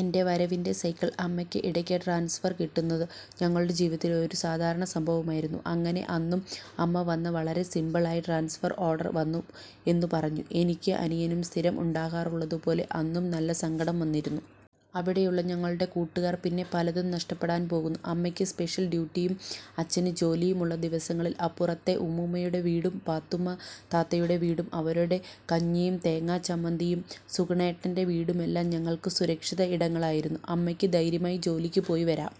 എൻ്റെ വരവിൻ്റെ സൈക്കിൾ അമ്മയ്ക്ക് ഇടയ്ക്ക് ട്രാൻസ്ഫർ കിട്ടുന്നത് ഞങ്ങളുടെ ജീവിതത്തിലെ ഒരു സാധാരണ സംഭവം ആയിരുന്നു. അങ്ങനെ അന്നും അമ്മ വന്ന് വളരെ സിംപിൾ ആയി ട്രാൻസ്ഫർ ഓർഡർ വന്നു എന്ന് പറഞ്ഞു. എനിക്കും അനിയനും സ്ഥിരം ഉണ്ടാകാറുള്ളതുപോലെ അന്നും നല്ല സങ്കടം വന്നിരുന്നു. അവിടെ ഉള്ള ഞങ്ങളുടെ കൂട്ടുകാർ പിന്നെ പലതും നഷ്ടപ്പെടാൻ പോകുന്നു. അമ്മയ്ക്ക് സ്പെഷ്യൽ ഡ്യൂട്ടിയും അച്ഛന് ജോലിയും ഉള്ള ദിവസങ്ങളിൽ അപ്പുറത്തെ ഉമ്മുമ്മയുടെ വീടും പാത്തുമ്മ താത്തയുടെ വീടും അവരുടെ കഞ്ഞിയും തേങ്ങാ ചമ്മന്തിയും സുഗുണേട്ടൻ്റെ വീടുമെല്ലാം ഞങ്ങൾക്ക് സുരക്ഷിത ഇടങ്ങൾ ആയിരുന്നു. അമ്മയ്ക്ക് ധൈര്യമായി ജോലിക്ക് പോയിവരാം.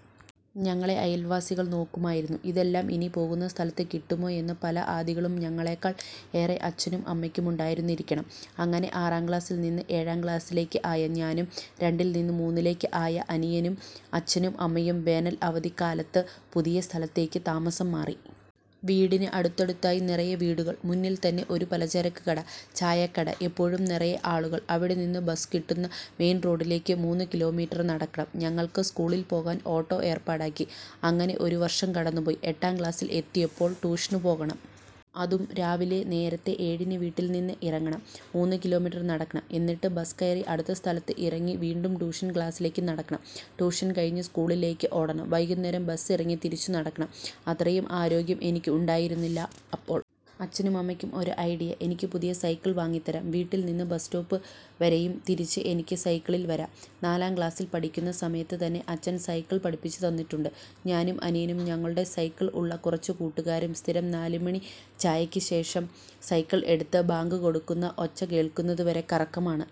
ഞങ്ങളെ അയൽവാസികൾ നോക്കുമായിരുന്നു. ഇതെല്ലാം ഇനി പോകുന്ന സ്ഥലത്ത് കിട്ടുമോ എന്ന പല ആധികളും ഞങ്ങളെക്കാൾ ഏറെ അച്ഛനും അമ്മയ്ക്കും ഉണ്ടായിരുന്നിരിക്കണം. അങ്ങനെ ആറാം ക്ലാസിൽ നിന്ന് ഏഴാം ക്ലാസിലേക്ക് ആയ ഞാനും രണ്ടിൽ നിന്ന് മൂന്നിലേക്ക് ആയ അനിയനും അച്ഛനും അമ്മയും വേനൽ അവധിക്കാലത്ത് പുതിയ സ്ഥലത്തേക്ക് താമസം മാറി. വീടിന് അടുത്തടുത്തായി നിറയെ വീടുകൾ. മുന്നിൽ തന്നെ ഒരു പലചരക്ക് കട, ചായക്കട, എപ്പോഴും നിറയെ ആളുകൾ. അവിടെനിന്നും ബസ് കിട്ടുന്ന മെയിൻ റോഡിലേക്ക് മൂന്ന് കിലോമീറ്റർ നടക്കണം. ഞങ്ങൾക്ക് സ്കൂളിൽ പോകാൻ ഓട്ടോ ഏർപ്പാടാക്കി. അങ്ങനെ ഒരു വർഷം കടന്നുപോയി. എട്ടാം ക്ലാസിൽ എത്തിയപ്പോൾ ട്യൂഷന് പോകണം. അതും രാവിലെ നേരത്തെ ഏഴിന് വീട്ടിൽ നിന്ന് ഇറങ്ങണം. മൂന്ന് കിലോമീറ്റർ നടക്കണം. എന്നിട്ട് ബസ് കയറി അടുത്ത സ്ഥലത്ത് ഇറങ്ങി വീണ്ടും ട്യൂഷൻ ക്ലാസിലേക്ക് നടക്കണം. ട്യൂഷൻ കഴിഞ്ഞ് സ്കൂളിലേക്ക് ഓടണം. വൈകുന്നേരം ബസ് ഇറങ്ങി തിരിച്ചും നടക്കണം. അത്രയും ആരോഗ്യം എനിക്ക് ഉണ്ടായിരുന്നില്ല. അപ്പോൾ അച്ഛനും അമ്മയ്ക്കും ഒരു ഐഡിയ. എനിക്ക് പുതിയ സൈക്കിൾ വാങ്ങിത്തരാം. വീട്ടിൽ നിന്ന് ബസ് സ്റ്റോപ്പ് വരെയും തിരിച്ചും എനിക്ക് സൈക്കിളിൽ വരാം. നാലാം ക്ലാസിൽ പഠിക്കുന്ന സമയത്ത് തന്നെ അച്ഛൻ സൈക്കിൾ പഠിപ്പിച്ചുതന്നിട്ടുണ്ട്. ഞാനും അനിയനും ഞങ്ങളുടെ സൈക്കിൾ ഉള്ള കുറച്ച് കൂട്ടുകാരും സ്ഥിരം നാല് മണി ചായയ്ക്ക് ശേഷം സൈക്കിൾ എടുത്ത് ബാങ്ക് കൊടുക്കുന്ന ഒച്ച കേൾക്കുന്നതുവരെ കറക്കമാണ്.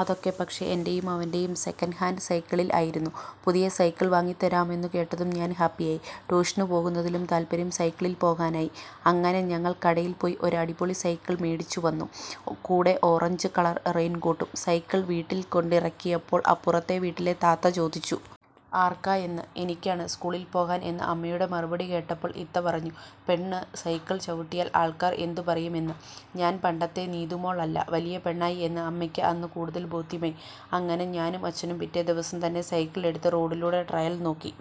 അതൊക്കെ പക്ഷേ എൻ്റെയും അവൻ്റെയും സെക്കൻഡ് ഹാൻഡ് സൈക്കിളിൽ ആയിരുന്നു. പുതിയ സൈക്കിൾ വാങ്ങിത്തരുമെന്ന് കേട്ടതും ഞാൻ ഹാപ്പിയായി. ട്യൂഷന് പോകുന്നതിലും താൽപര്യം സൈക്കിളിൽ പോകാനായി. അങ്ങനെ ഞങ്ങൾ കടയിൽ പോയി ഒരു അടിപൊളി സൈക്കിൾ മേടിച്ചുവന്നു. കൂടെ ഓറഞ്ച് കളർ റെയിൻകോട്ടും. സൈക്കിൾ വീട്ടിൽ കൊണ്ടിറക്കിയപ്പോൾ അപ്പുറത്തെ വീട്ടിലെ താത്ത ചോദിച്ചു. ആർക്കാ എന്ന്. എനിക്കാണ് സ്കൂളിൽ പോകാൻ എന്ന അമ്മയുടെ മറുപടി കേട്ടപ്പോൾ ഇത്ത പറഞ്ഞു. പെണ്ണ് സൈക്കിൾ ചവിട്ടിയാൽ ആൾക്കാർ എന്ത് പറയും എന്ന്. ഞാൻ പണ്ടത്തെ നീതു മോൾ അല്ല, വലിയ പെണ്ണായി എന്ന് അമ്മയ്ക്ക് അന്ന് കൂടുതൽ ബോധ്യമായി. അങ്ങനെ ഞാനും അച്ഛനും പിറ്റേ ദിവസം തന്നെ സൈക്കിൾ എടുത്ത് റോഡിലൂടെ ട്രയൽ നോക്കി.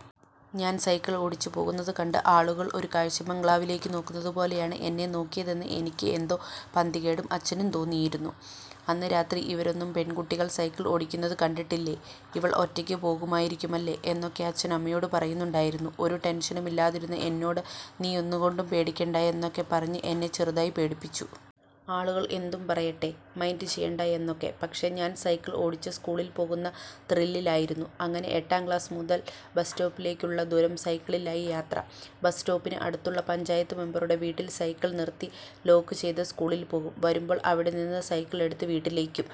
ഞാൻ സൈക്കിൾ ഓടിച്ചു പോകുന്നത് കണ്ട ആളുകൾ ഒരു കാഴ്ചബംഗ്ലാവിലേക്ക് നോക്കുന്നതുപോലെയാണ് എന്നെ നോക്കിയതെന്ന് എനിക്കും എന്തോ പന്തികേട് അച്ഛനും തോന്നിയിരുന്നു. അന്ന് രാത്രി ഇവരൊന്നും പെൺകുട്ടികൾ സൈക്കിൾ ഓടിക്കുന്നത് കണ്ടിട്ടില്ലേ? ഇവൾ ഒറ്റയ്ക്ക് പോകുമായിരിക്കും അല്ലേ? എന്നൊക്കെ അച്ഛൻ അമ്മയോട് പറയുന്നുണ്ടായിരുന്നു. ഒരു ടെൻഷനും ഇല്ലാതിരുന്ന എന്നോട് നീ ഒന്നുകൊണ്ടും പേടിക്കണ്ട എന്നൊക്കെ പറഞ്ഞ് എന്നെ ചെറുതായി പേടിപ്പിച്ചു. ആളുകൾ എന്തും പറയട്ടെ, മൈൻഡ് ചെയ്യണ്ട എന്നൊക്കെ. പക്ഷേ ഞാൻ സൈക്കിൾ ഓടിച്ച് സ്കൂളിൽ പോകുന്ന ത്രില്ലിലായിരുന്നു. അങ്ങനെ എട്ടാം ക്ലാസ് മുതൽ ബസ് സ്റ്റോപ്പിലേക്കുള്ള ദൂരം സൈക്കിളിലായി യാത്ര. ബസ് സ്റ്റോപ്പിന് അടുത്തുള്ള പഞ്ചായത്ത് മെമ്പറുടെ വീട്ടിൽ സൈക്കിൾ നിർത്തി ലോക്ക് ചെയ്ത് സ്കൂളിൽ പോകും. വരുമ്പോൾ അവിടെ നിന്ന് സൈക്കിൾ എടുത്ത് വീട്ടിലേക്കും.